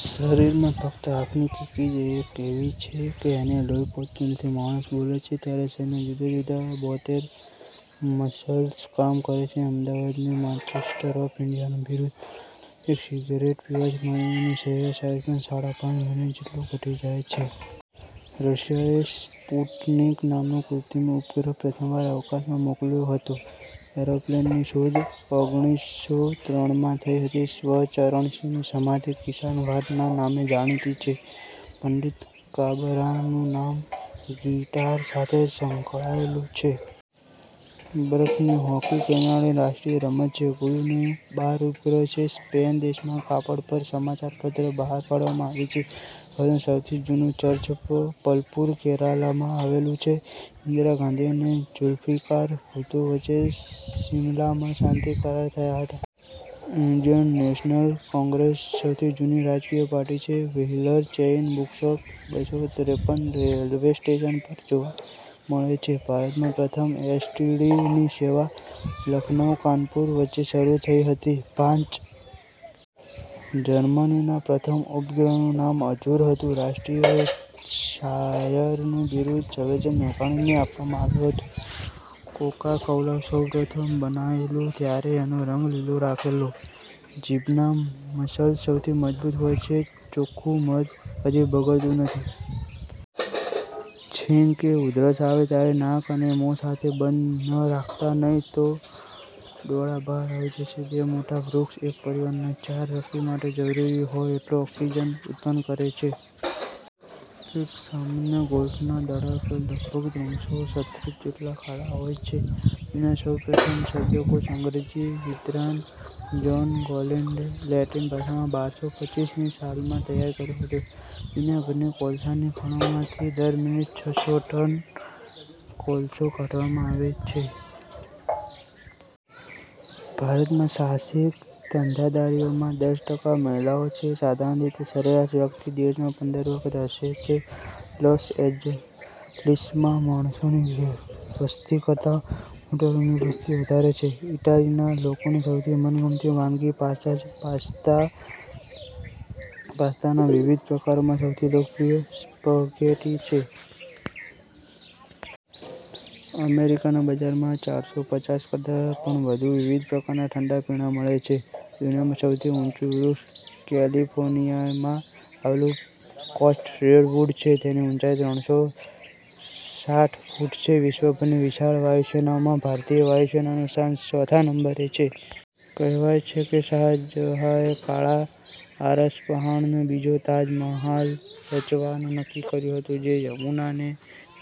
શરીરમાં ફક્ત આંખની કીકી જ એક એવી છે કે એને લોહી પહોંચતું નથી. માણસ બોલે છે ત્યારે શરીરના જુદાજુદા બોતેર મસલ્સ કામ કરે છે. અમદાવાદને 'માંચેસ્ટર ઑફ ઈંડિયા'નું બિરુદ મળ્યું હતું. સિગરેટ પીવાથી માનવીનું સરેરાશ આયુષ્ય સાડા પાંચ મિનિટ જેટલું ઘટી જાય છે. રશિયાએ 'સ્પુટનિક' નામનો કુત્રિમ ઉપગ્રહ પ્રથમવાર અવકાશમાં મોકલ્યો હતો. ઍરોપ્લેનની શોધ ઓગણીસ સો ત્રણ માં થઈ હતી. સ્વ. ચરણસિંહની સમાધિ 'કિસાન ઘાટ' ના નામે જાણીતી છે. પંડિત કાબરાનું નામ 'ગિટાર' સાથે સંકળાયેલુ છે. 'બરફ્ની હૉકી' કૅનેડાની રાષ્ટ્રીય રમત છે. ગુરુને બાર ઉપગ્રહ છે. સ્પેન દેશમાં કાપડ પર સમાચાર પત્ર બહાર પાડવામાં આવે છે. ભારત સૌથી જૂનું ચર્ચ પુ પલપુર-કેરાલામાં આવેલું છે. ઈંદિરા ગાંધી અને ઝુલ્ફીકાર ભુત્તો વચ્ચે સિમલામાં શંતિ કરાર થયા હતા. 'ઈંડિયન નેશનલ કૉંગ્રેસ' સૌથી જૂની રાજકીય પાર્ટી છે. 'વ્હીલર' ચેઈન બુકશોપ બસો ત્રેપન રેલ્વે સ્ટેશન જોવા મળે છે. ભારતમાં પ્રથમ એસ. ટી. ડી. ની સેવા લખનૌ-કાનપુર વચ્ચે શરુ થઈ હતી. પાંચ જર્મનીના પ્રથમ ઉપગ્રહનું નામ અઝુર હતું. રાષ્ટ્રીય શાયરનું બિરુદ 'ઝવેરચંદ મેઘાણી'ને આપવામાં આવ્યું હતું. કોકાકોલા સૌપ્રથમ બનાવેલું ત્યારે એનો રંગ લીલો રાખેલો. જીભનાં મસલ્સ સૌથી મજબૂત હોય છે. ચોખ્ખુ મધ કદી બગડતું નથી. છીંક કે ઉધરસ આવે ત્યારે નાક અને મોં સાથે બંધ ન રાખતા નહીં તો ડોળા બહાર આવી જશે. બે મોટા વૃક્ષ એક પરિવારના ચાર વ્યક્તિ માટે જરૂરી હોય એટલો ઑક્સિજન ઉત્પન્ન કરે છે. એક સામાન્ય ગોલ્ફના દડા પર લગભગ ત્રણસો છત્રીસ જેટલા ખાડા હોય છે. દુનિયા સૌપ્રથમ શબ્દકોષ અંગ્રેજી વિદ્વાન જોન ગોલેન્ડે લેટિન ભાષામાં બારસો પચીસ ની સાલમાં તૈયાર કર્યો હતો. દુનિયાભરની કોલસાની ખાણોમાંથી દર મિનિટ છસો ટન કોલસો કાઢવામાં આવે છે. ભારતમાં સાહસિક ધંધાદારીઓમાં દસ ટકા મહિલાઓ છે. સાધારણ રીતે સરેરાશ વ્યક્તિ દિવસમાં પંદર વખત હસે છે. લૉસ ઍજલિસમાં માણસોની વસ્તિ કરતાં મોટરોની વસ્તિ વધારે છે. ઈટાલીના લોકોની સૌથી મનગમતી વાનગી 'પાસ્તા' છે. પાસ્તા પાસ્તાના વિવિધ પ્રકારોમાં સૌથી લોકપ્રિય સ્પગેટી છે. અમેરિકાના બજારમાં ચારસો પચાસ કરતા પણ વધુ વિવિધ પ્રકારના ઠંડા પીણા મળે છે. દુનિયામાં સૌથી ઊંચું વૃક્ષ કેલિફોર્નિયામાં આવેલું કોસ્ટ રેડ્વૂડ છે. તેની ઊંચાઈ ત્રણસો સાઠ ફૂટ છે. વિશ્વભરની વિશાળ વાયુસેનાઓમાં ભારતીય વાયુસેનાનું સ્થાન સોથા નંબરે છે. કહેવાય છે કે શાહજહાએ કાળા આરસપહાણનો બીજો તાજ મહાલ રચવાનું નક્કી કર્યું હતું જે યમુનાને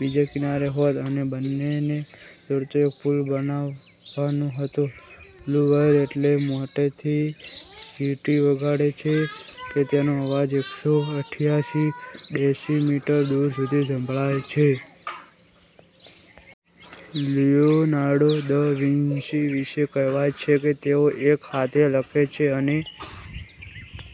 બીજે કિનારે હોત અને બંને ને જોડતો એક પુલ બનાવવાનો હતો. બ્લુ વ્હેલ એટલી મોટેથી સીટી વગાડે છે કે તેનો અવાજ એકસો અઠ્ઠયાસી ડેસી મીટર દૂર સુધી સંભળાય છે. લિયોનાર્ડો દ વિંશી વિષે કહેવાય છે કે તેઓ એક હાથે લખે છે અને